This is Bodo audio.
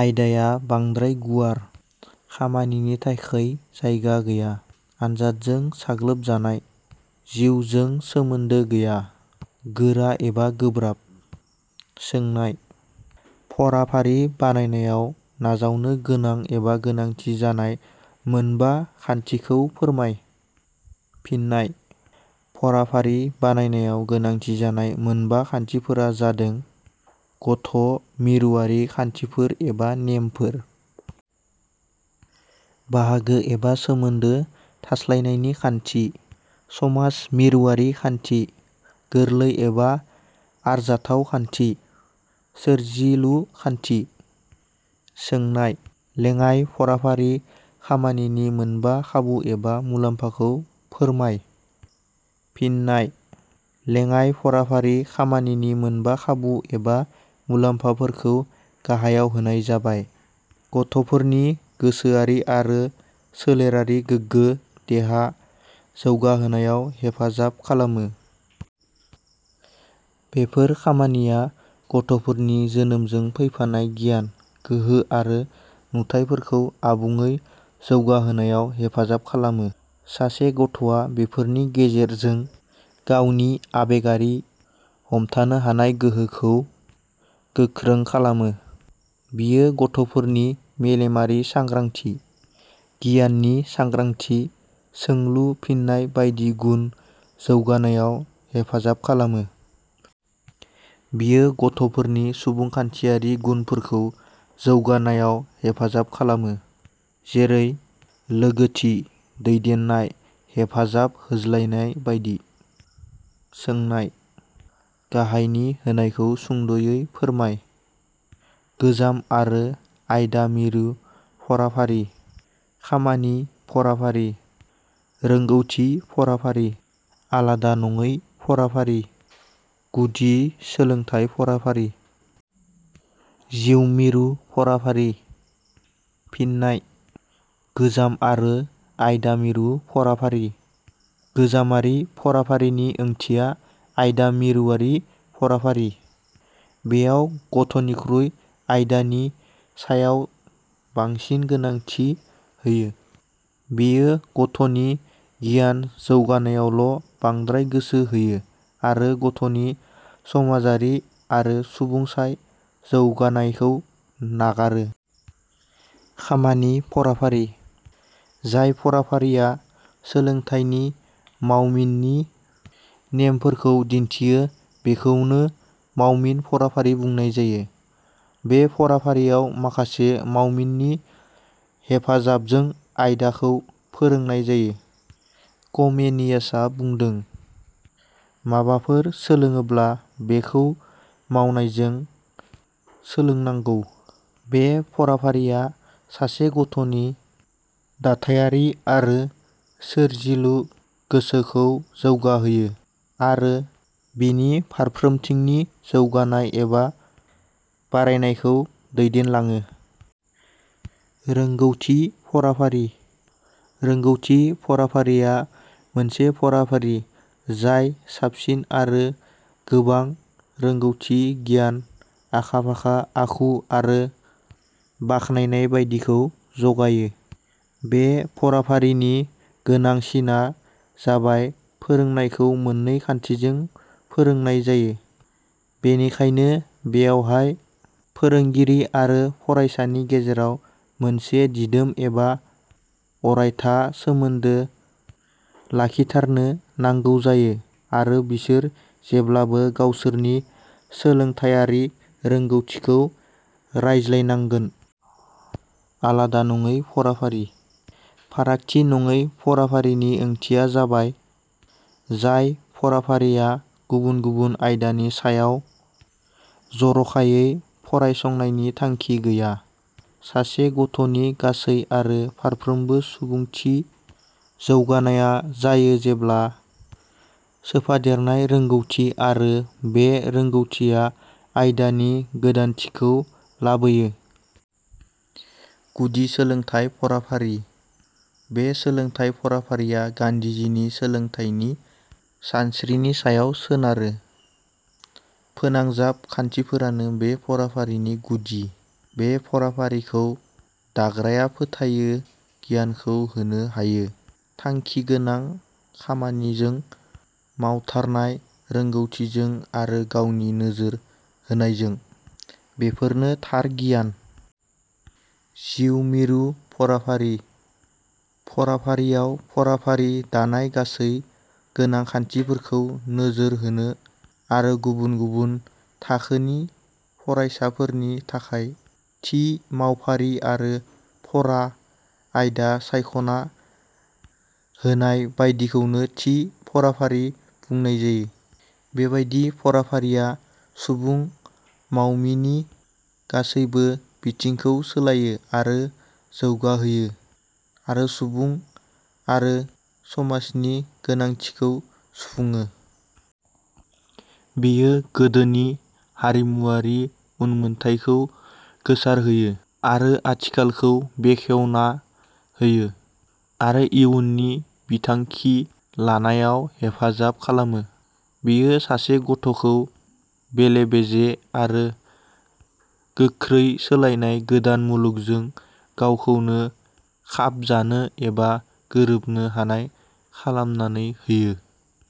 आयदाया बांद्राय गुवार। खामानिनि थाखै जायगा गैया। आनजादजों साग्लोबजानाय। जिउजों सोमोन्दो गैया। गोरा एबा गोब्राब। सोंनाय –: फराफारि बानायनायाव नाजावनो गोनां एबा गोनांथि जानाय मोनबा खान्थिखौ फोरमाय। फिन्नाय: फराफारि बानायनायाव गोनांथि जानाय मोनबा खान्थिफोरा जादों- गथ' मिरुआरि खान्थिफोर एबा नेमफोर। बाहागो एबा सोमोन्दो थाज्लायनायनि खान्थि। समाज मिरुआरि खान्थि। गोरलै एबा आरजाथाव खान्थि। सोरजिलु खान्थि। सोंनाय-. लेङाइ फराफारि खामानिनि मोनबा खाबु एबा मुलाम्फाखौ फोरमाय। फिन्नाय: लेङाइ फराफारि खामानिनि मोनबा खाबु एबा मुलाम्फाफोरखौ गाहायाव होनाय जाबाय- गथ'फोरनि गोसोयारि आरो सोलेरारि गोगो देहा जौगाहोनायाव हेफाजाब खालामो। बेफोर खामानिया गथ'फोरनि जोनोमजों फैफानाय गियान, गोहो आरो नुथायफोरखौ आबुङे जौगाहोनायाव हेफाजाब खालामो। सासे गथ' आ बेफोरनि गेजेरजों गावनि आबेगारि हमथानोहानाय गोहोखौ गोखों खालामो। बियो गथ'फोरनि मेलेमारि सांग्रांथि, गियाननि सांग्रांथि, सोंलु- फिननाय बायदि गुन जौगानायाव हेफाजाब खालामो। बियो गथ'फोरनि सुबुंखान्थियारि गुनफोरखौ जौगानायाव हेफाजाब खालामो जेरै- लोगोथि, दैदेननाय, हेफाजाब होज्लायनाय बायदि। सोंनाय-. गाहायनि होनायखौ सुंद 'यै फोरमाय – गोजाम आरो आयदा मिरु फराफारि। खामानि फराफारि। रोंगौथि फराफारि। आलादानङै फराफारि। गुदि सोलोंथाइ फराफारि। जिउ मिरु फराफारि। फिननाय: गोजाम आरो आयदा मिरु फराफारि: गोजामारि फराफारिनि ओंथिया आयदा मिरुवारि फराफारि। बेयाव गथ'निख्रुइ आयदानि सायाव बांसिन गोनांथि होयो। बेयो गथ 'नि गियान जौगानायावल' बांद्राय गोसो होयो आरो गथ'नि समाजारि आरो सुबुंसाय जौगानायखौ नागार। खामानि फराफारि: जाय फराफारिया सोलोंथाइनि मावमिननि नेमफोरखौ दिन्थियो बेखौनो मावमिन फराफारि बुंनाय जायो। बे फराफारियाव, माखासे मावमिननि हेफाजाबजों आयदाखौ फोरोंनाय जायो। कमेनियास आ बुंदों- "माबाफोर सोलोङोब्ला बेखौ मावनायजों सोलोंनांगौ। " बे फराफारिया सासे गथ 'नि दाथायारि आरो सोरजिल गोसोखौ जौगाहोयो आरो बिनि फारफोमथिंनि जौगानाय एबा बारायनायखौ दैदेनलाङो। रोंगौथि फराफारि: रोंगौथि फराफारिया मोनसे फराफारि जाय साबसिन आरो गोबां रोंगौथि गियान, आखा फाखा, आखु आरो बाखनायनाय बायदिखौ ज 'गायो। बे फराफारिनि गोनां सिना जाबाय फोरोंनायखौ मोननै खान्थिजों फोरोंनाय जायो। बेखायनो बेयावहाय फोरोंगिरि आरो फरायसानि गेजेराव मोनसे दिदोम एबा अरायथा सोमोन्दो लाखिधारनो नांगौ जायो आरो बिसोर जेब्लाबो गावसोरनि सोलोंथाइयारि रोंगौथिखौ रानज्लाय नांगोन। आलादानङै फराफारि: फारागथि नङै फराफारिनि ओंथिया जाबाय – जाय फराफारिया गुबुन गुबुन आयदानि सायाव जर 'खायै फरायसंनायनि थांखि गैया। सासे गथ'नि गासै आरो फारफ्रोमबो सुबुंथि जौगानाया जायो जेब्ला सोफादेरनाय रोंगौथि आरो बे रोंगौथिया आयदानि गोदानथिखौ लाबोयो। गुदि सोलोंथाइ फराफारि: बे सोलोंथाइ फराफारिया गान्धीजिनि सोलोंथाइनि सानस्रिनि सायाव सोनारो। फोनांजाब खान्थिफोरानो बे फराफारिनि गुदि। बे फराफारिखौ दाग्राया फोथायो गियानखौ होनो हायो, थांखिगोनां खामानिजों, मावथारनाय रोंगौथिजों आरो गावनि नोजोर होनायजों, बेफोरनो थार गियान। जिउ मिरु फराफारि: फराफारियाव फराफारि दानाय गासै गोनां खान्थिफोरखौ नोजोर होनो आरो गुबुन गुबुन थाखोनि फरायसाफोरनि थाखाय थि मावफारि आरो फरा आयदा सायख'ना होनाय बायदिखौनो थि फराफारि बुंनाय जायो। बेबादि फराफारिया सुबुं मावमिनि गासैबो बिथिंखौनो सोलायो आरो जौगाहोयो आरो सुबुं आरो समाजनि गोनांथिखौ सुफुङो। बेयो गोदोनि हारिमुवारि उनमोनथाइखौ गोसारहोयो आरो आथिखालखौ बेखेवनाहोयो आरो इउननि बिथांखि लानायाव हेफाजाब खालामो। बियो सासे ग 'थ 'खौ बेलेबेजे आरो गोखै सोलायनाय गोदान मुलुगजों गावखौनो खाब जानो एबा गोरोबनो हानाय खालामनानै होयो।